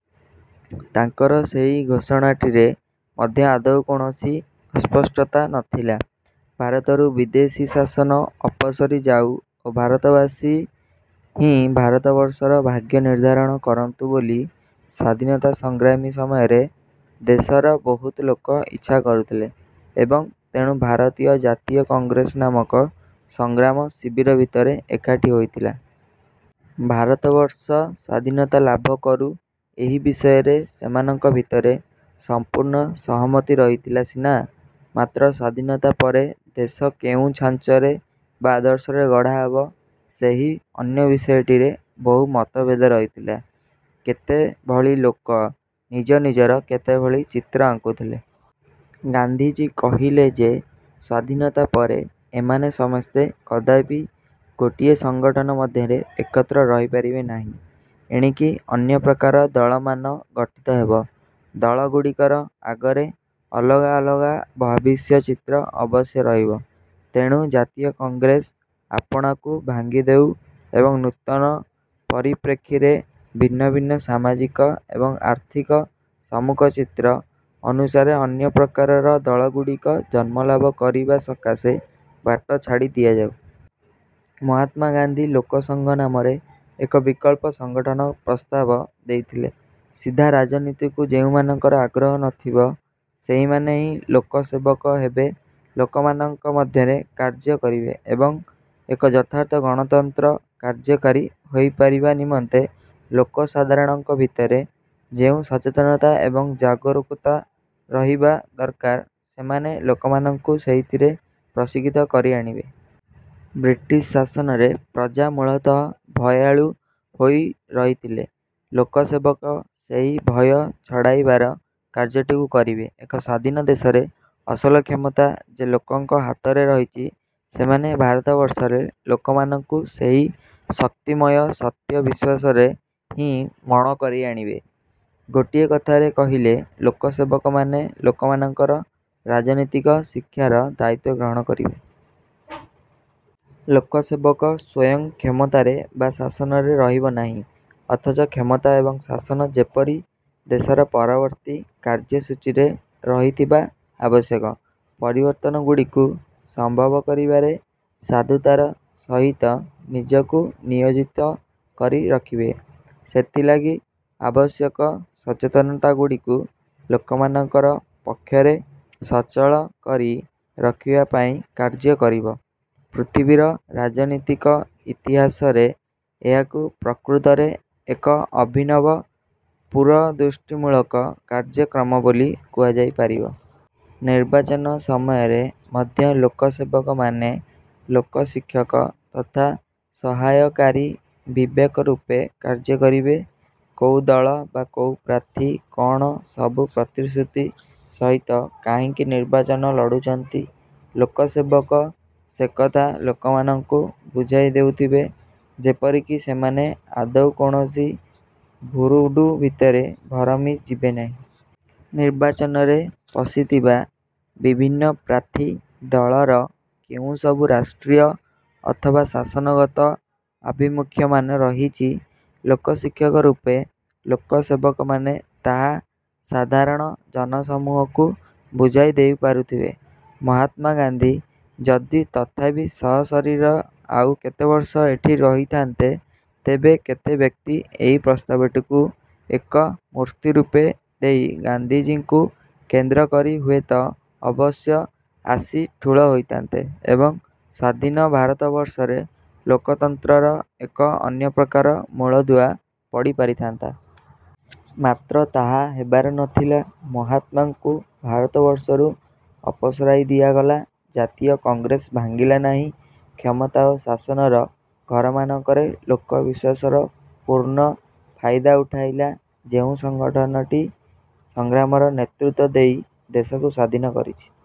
ତାଙ୍କର ସେହି ଘୋଷଣାଟିରେ ମଧ୍ୟ ଆଦୌ କୌଣସି ଅସ୍ପଷ୍ଟତା ନଥିଲା। ଭାରତରୁ ବିଦେଶୀ ଶାସନ ଅପସରି ଯାଉ ଓ ଭାରତବାସୀ ହିଁ ଭାରତବର୍ଷର ଭାଗ୍ୟ ନିର୍ଦ୍ଧାରଣ କରନ୍ତୁ ବୋଲି ସ୍ୱାଧୀନତା ସଂଗ୍ରାମ ସମୟରେ ଦେଶର ବହୁତ ଲୋକ ଇଚ୍ଛା କରୁଥିଲେ ଏବଂ ତେଣୁ ଭାରତୀୟ ଜାତୀୟ କଂଗ୍ରେସ ନାମକ ସଂଗ୍ରାମ ଶିବିର ଭିତରେ ଏକାଠି ହୋଇଥିଲେ। ଭାରତବର୍ଷ ସ୍ଵାଧୀନତା ଲାଭ କରୁ ଏହି ବିଷୟରେ ସେମାନଙ୍କ ଭିତରେ ସମ୍ପୂର୍ଣ୍ଣ ସହମତି ରହିଥିଲା ସିନା ମାତ୍ର ସ୍ୱାଧୀନତା ପରେ ଦେଶ କେଉଁ ଛାଞ୍ଚରେ ବା ଆଦର୍ଶରେ ଗଢ଼ା ହେବ, ସେହି ଅନ୍ୟ ବିଷୟଟିରେ ବହୁ ମତଭେଦ ରହିଥିଲା। କେତେଭଳି ଲୋକ ନିଜ ନିଜର କେତେଭଳି ଚିତ୍ର ଆଙ୍କୁଥିଲେ। ଗାନ୍ଧିଜୀ କହିଲେ ଯେ, ସ୍ଵାଧୀନତା ପରେ ଏମାନେ ସମସ୍ତେ କଦାପି ଗୋଟିଏ ସଂଗଠନ ମଧ୍ୟରେ ଏକତ୍ର ରହିପାରିବେ ନାହିଁ। ଏଣିକି ଅନ୍ୟ ପ୍ରକାର ଦଳମାନ ଗଠିତ ହେବ। ଦଳଗୁଡ଼ିକର ଆଗରେ ଅଲଗା ଅଲଗା ଭବିଷ୍ୟଚିତ୍ର ଅବଶ୍ୟ ରହିବ। ତେଣୁ ଜାତୀୟ କଂଗ୍ରେସ ଆପଣାକୁ ଭାଙ୍ଗିଦେଉ ଏବଂ ନୂତନ ପରିପ୍ରେକ୍ଷୀରେ ଭିନ୍ନ ଭିନ୍ନ ସାମାଜିକ ଏବଂ ଆର୍ଥିକ ସମ୍ମୁଖଚିତ୍ର ଅନୁସାରେ ଅନ୍ୟପ୍ରକାରର ଦଳଗୁଡ଼ିକ ଜନ୍ମଲାଭ କରିବା ସକାଶେ ବାଟ ଛାଡ଼ି ଦିଆଯାଉ। ମହାତ୍ମା ଗାନ୍ଧୀ ଲୋକସଂଘ ନାମରେ ଏକ ବିକଳ୍ପ ସଂଗଠନର ପ୍ରସ୍ତାବ ଦେଇଥିଲେ। ସିଧା ରାଜନୀତିକୁ ଯେଉଁମାନଙ୍କର ଆଗ୍ରହ ନଥିବ ସେହିମାନେ ହିଁ ଲୋକସେବକ ହେବେ, ଲୋକମାନଙ୍କ ମଧ୍ୟରେ କାର୍ଯ୍ୟ କରିବେ ଏବଂ ଏକ ଯଥାର୍ଥ ଗଣତନ୍ତ୍ର କାର୍ଯ୍ୟକାରୀ ହୋଇପାରିବା ନିମନ୍ତେ ଲୋକସାଧାରଣଙ୍କ ଭିତରେ ଯେଉଁ ସଚେତନତା ଏବଂ ଜାଗରୂକତା ରହିବା ଦରକାର, ସେମାନେ ଲୋକମାନଙ୍କୁ ସେଇଥିରେ ପ୍ରଶିକ୍ଷିତ କରି ଆଣିବେ। ବ୍ରିଟିଶ୍ ଶାସନରେ ପ୍ରଜା ମୂଳତଃ ଭୟାଳୁ ହୋଇ ରହିଥିଲେ, ଲୋକସେବକ ସେହି ଭୟ ଛଡ଼ାଇବାର କାର୍ଯ୍ୟଟିକୁ କରିବେ। ଏକ ସ୍ୱାଧୀନ ଦେଶରେ ଅସଲ କ୍ଷମତା ଯେ ଲୋକଙ୍କ ହାତରେ ରହିଛି ସେମାନେ ଭାରତବର୍ଷରେ ଲୋକମାନଙ୍କୁ ସେହି ଶକ୍ତିମୟ ସତ୍ୟ ବିଶ୍ୱାସରେ ହିଁ ମଣ କରିଆଣିବେ। ଗୋଟିଏ କଥାରେ କହିଲେ, ଲୋକସେବକମାନେ ଲୋକମାନଙ୍କର ରାଜନୀତିକ ଶିକ୍ଷାର ଦାୟିତ୍ୱ ଗ୍ରହଣ କରିବେ। ଲୋକସେବକ ସ୍ଵୟଂ କ୍ଷମତାରେ ବା ଶାସନରେ ରହିବ ନାହିଁ, ଅଥଚ କ୍ଷମତା ଏବଂ ଶାସନ ଯେପରି ଦେଶର ପରବର୍ତ୍ତୀ କାର୍ଯ୍ୟସୂଚୀରେ ରହିଥିବା ଆବଶ୍ୟକ ପରିବର୍ତ୍ତନଗୁଡ଼ିକୁ ସମ୍ଭବ କରିବାରେ ସାଧୁତାର ସହିତ ନିଜକୁ ନିୟୋଜିତ କରି ରଖିବେ, ସେଥିଲାଗି ଆବଶ୍ୟକ ସଚେତନତା ଗୁଡ଼ିକୁ ଲୋକମାନଙ୍କର ପକ୍ଷରେ ସଚଳ କରି ରଖିବା ପାଇଁ କାର୍ଯ୍ୟ କରିବ, ପୃଥିବୀର ରାଜନୀତିକ ଇତିହାସରେ ଏହାକୁ ପ୍ରକୃତରେ ଏକ ଅଭିନବ ପୁରୋଦୃଷ୍ଟିମୂଳକ କାର୍ଯ୍ୟକ୍ରମ ବୋଲି କୁହାଯାଇ ପାରିବ। ନିର୍ବାଚନ ସମୟରେ ମଧ୍ୟ ଲୋକସେବକମାନେ ଲୋକଶିକ୍ଷକ ତଥା ସହାୟକାରୀ ବିବେକ ରୂପେ କାର୍ଯ୍ୟ କରିବେ। କୋଉ ଦଳ ବା କୋଉ ପ୍ରାର୍ଥୀ କଣ ସବୁ ପ୍ରତିଶ୍ରୁତି ସହିତ କାହିଁକି ନିର୍ବାଚନ ଲଢ଼ୁଛନ୍ତି, ଲୋକସେବକ ସେକଥା ଲୋକମାନଙ୍କୁ ବୁଝାଇ ଦେଉଥିବେ, ଯେପରିକି ସେମାନେ ଆଦୌ କୌଣସି ଭୁରୁଡୁ ଭିତରେ ଭରମି ଯିବେନାହିଁ। ନିର୍ବାଚନରେ ପଶିଥିବା ବିଭିନ୍ନ ପ୍ରାର୍ଥୀ ଦଳର କେଉଁସବୁ ରାଷ୍ଟ୍ରୀୟ ଅଥବା ଶାସନଗତ ଆଭିମୁଖ୍ୟମାନ ରହିଛି, ଲୋକଶିକ୍ଷକ ରୂପେ ଲୋକସେବକମାନେ ତାହା ସାଧାରଣ ଜନସମୂହକୁ ବୁଝାଇ ଦେଇପାରୁଥିବେ। ମହାତ୍ମା ଗାନ୍ଧୀ ଯଦି ତଥାପି ସଶରୀର ଆଉ କେତେବର୍ଷ ଏଠି ରହିଥାନ୍ତେ, ତେବେ କେତେକ ବ୍ୟକ୍ତି ଏହି ପ୍ରସ୍ତାବଟିକୁ ଏକ ମୂର୍ତ୍ତି ରୂପ ଦେଇ ଗାନ୍ଧିଜୀଙ୍କୁ କେନ୍ଦ୍ର କରି ହୁଏତ ଅବଶ୍ୟ ଆସି ଠୁଳ ହୋଇଥାନ୍ତେ ଏବଂ ସ୍ୱାଧୀନ ଭାରତବର୍ଷରେ ଲୋକତନ୍ତ୍ରର ଏକ ଅନ୍ୟପ୍ରକାର ମୂଳଦୁଆ ପଡ଼ିପାରିଥାନ୍ତା। ମାତ୍ର ତାହା ହେବାର ନଥିଲା। ମହାତ୍ମାଙ୍କୁ ଭାରତବର୍ଷରୁ ଅପସରାଇ ଦିଆଗଲା। ଜାତୀୟ କଂଗ୍ରେସ ଭାଙ୍ଗିଲା ନାହିଁ। କ୍ଷମତା ଓ ଶାସନର ଘରମାନଙ୍କରେ ଲୋକବିଶ୍ୱାସର ପୂର୍ଣ୍ଣ ଫାଇଦା ଉଠାଇଲା। ଯେଉଁ ସଂଗଠନଟି ସଂଗ୍ରାମର ନେତୃତ୍ଵ ଦେଇ ଦେଶକୁ ସ୍ୱାଧୀନ କରିଛି,